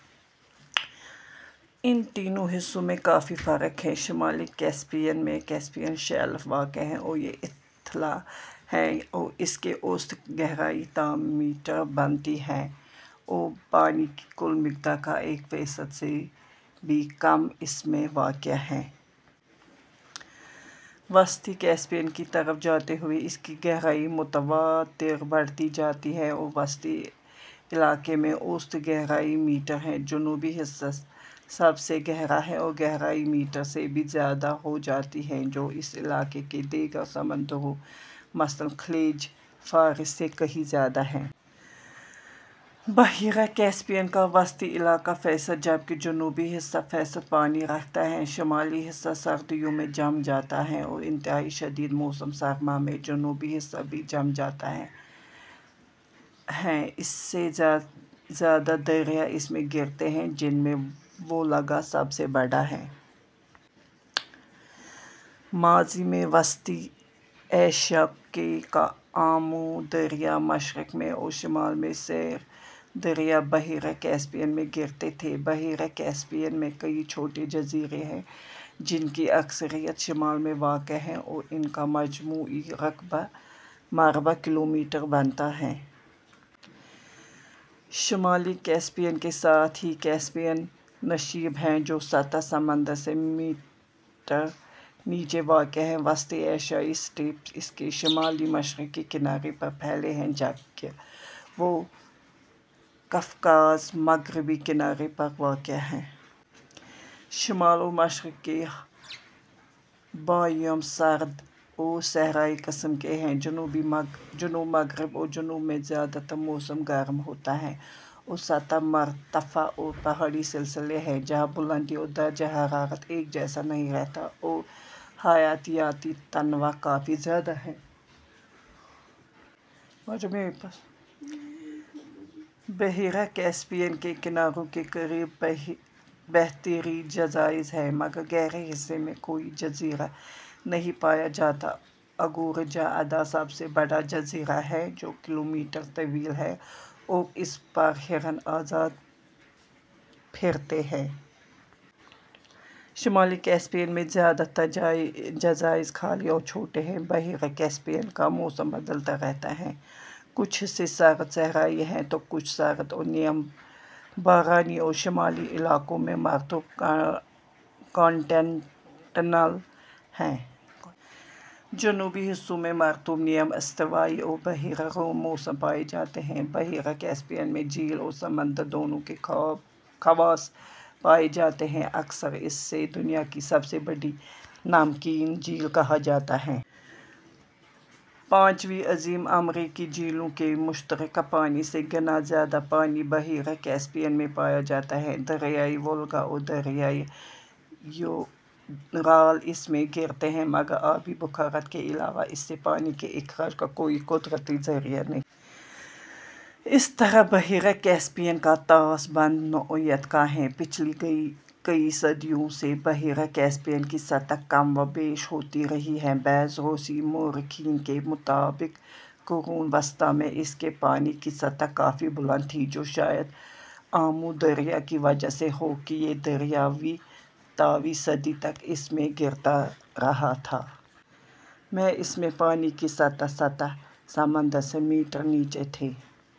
ان تینوں حصوں میں کافی فرق ہے۔ شمالی کیسپیئن میں کیسپیئن شیلف واقع ہے اور یہ اتھلا ہے اور اس کی اوسط گہرائی تا میٹر بنتی ہے اور پانی کی کل مقدار کا ایک فیصد سے بھی کم اس میں واقع ہے۔ وسطی کیسپیئن کی طرف جاتے ہوئے اس کی گہرائی متواتر بڑھتی جاتی ہے اور وسطی علاقے میں اوسط گہرائی میٹر ہے۔ جنوبی حصہ سب سے گہرا ہے اور گہرائی ، میٹر سے بھی زیادہ ہو جاتی ہے جو اس علاقے کے دیگر سمندروں مثلاً خلیج فارس سے کہیں زیادہ ہے۔ بحیرہ کیسپیئن کا وسطی علاقہ فیصد جبکہ جنوبی حصہ فیصد پانی رکھتا ہے۔ شمالی حصہ سردیوں میں جم جاتا ہے اور انتہائی شدید موسم سرما میں جنوبی حصہ بھی جم جاتا ہے۔ سے زیادہ دریا اس میں گرتے ہیں جن میں وولگا سب سے بڑا ہے۔ ماضی میں وسطی ایشیا کا آمو دریا مشرق میں اور شمال میں سیر دریا بحیرہ کیسپیئن میں گرتے تھے۔ بحیرہ کیسپیئن میں کئی چھوٹے جزیرے ہیں جن کی اکثریت شمال میں واقع ہے اور ان کا مجموعی رقبہ ، مربع کلومیٹر بنتا ہے۔ شمالی کیسپیئن کے ساتھ ہی کیسپیئن نشیب ہے جو سطح سمندر سے میٹر نیچے واقع ہے۔ وسطی ایشیائی سٹیپ اس کے شمال مشرقی کنارے پر پھیلے ہیں جبکہ کوہ قفقاز مغربی کنارے پر واقع ہے۔ شمال اور مشرق کے بائیوم سرد اور صحرائی قسم کے ہیں۔ جنوب مغرب اور جنوب میں زیادہ تر موسم گرم ہوتا ہے اور سطح مرتفع اور پہاڑی سلسلے ہیں جہاں بلندی اور درجہ حرارت ایک جیسا نہیں رہتا اور حیاتیاتی تنوع کافی زیادہ ہے۔ بحیرہ کیسیپیئن کے کناروں کے قریب بہتیرے جزائر ہیں مگر گہرے حصے میں کوئی جزیرہ نہیں پایا جاتا۔ اگورجا ادا سب سے بڑا جزیرہ ہے جو کلومیٹر طویل ہے اور اس پر ہرن آزاد پھرتے ہیں۔ شمالی کیسیپئن میں زیادہ تر جزائر خالی اور چھوٹے ہیں۔ بحیرہ کیسپیئن کا موسم بدلتا رہتا ہے۔ کچھ حصے سرد صحرائی ہیں تو کچھ سرد اور نیم بارانی اور شمالی علاقوں میں مرطوب کانٹیننٹل ہے۔ جنوبی حصوں میں مرطوب نیم استوائی اور بحیرہ روم موسم پائے جاتے ہیں۔ بحیرہ کیسپیئن میں جھیل اور سمندر، دونوں کے خواص پائے جاتے ہیں۔ اکثر اسے دنیا کی سب سے بڑی نمکین جھیل کہا جاتا ہے۔ پانچوں عظیم امریکی جھیلوں کے مشترکہ پانی سے ء گنا زیادہ پانی بحیرہ کیسپیئن میں پایا جاتا ہے۔ دریائے وولگا اور دریائے یورال اس میں گرتے ہیں مگر آبی بخارات کے علاوہ اس سے پانی کے اخراج کا کوئی قدرتی ذریعہ نہیں۔ اس طرح بحیرہ کیسپیئن کا طاس بند نوعیت کا ہے۔ پچھلی کئی صدیوں سے بحیرہ کیسپیئن کی سطح کم و بیش ہوتی رہی ہے۔ بعض روسی مؤرخین کے مطابق قرونِ وسطیٰ میں اس کے پانی کی سطح کافی بلند تھی جو شاید آمو دریا کی وجہ سے ہو کہ یہ دریا ویں تا ویں صدی تک اس میں گرتا رہا تھا۔ میں اس میں پانی کی سطح سطح سمندر سے میٹر نیچے تھی۔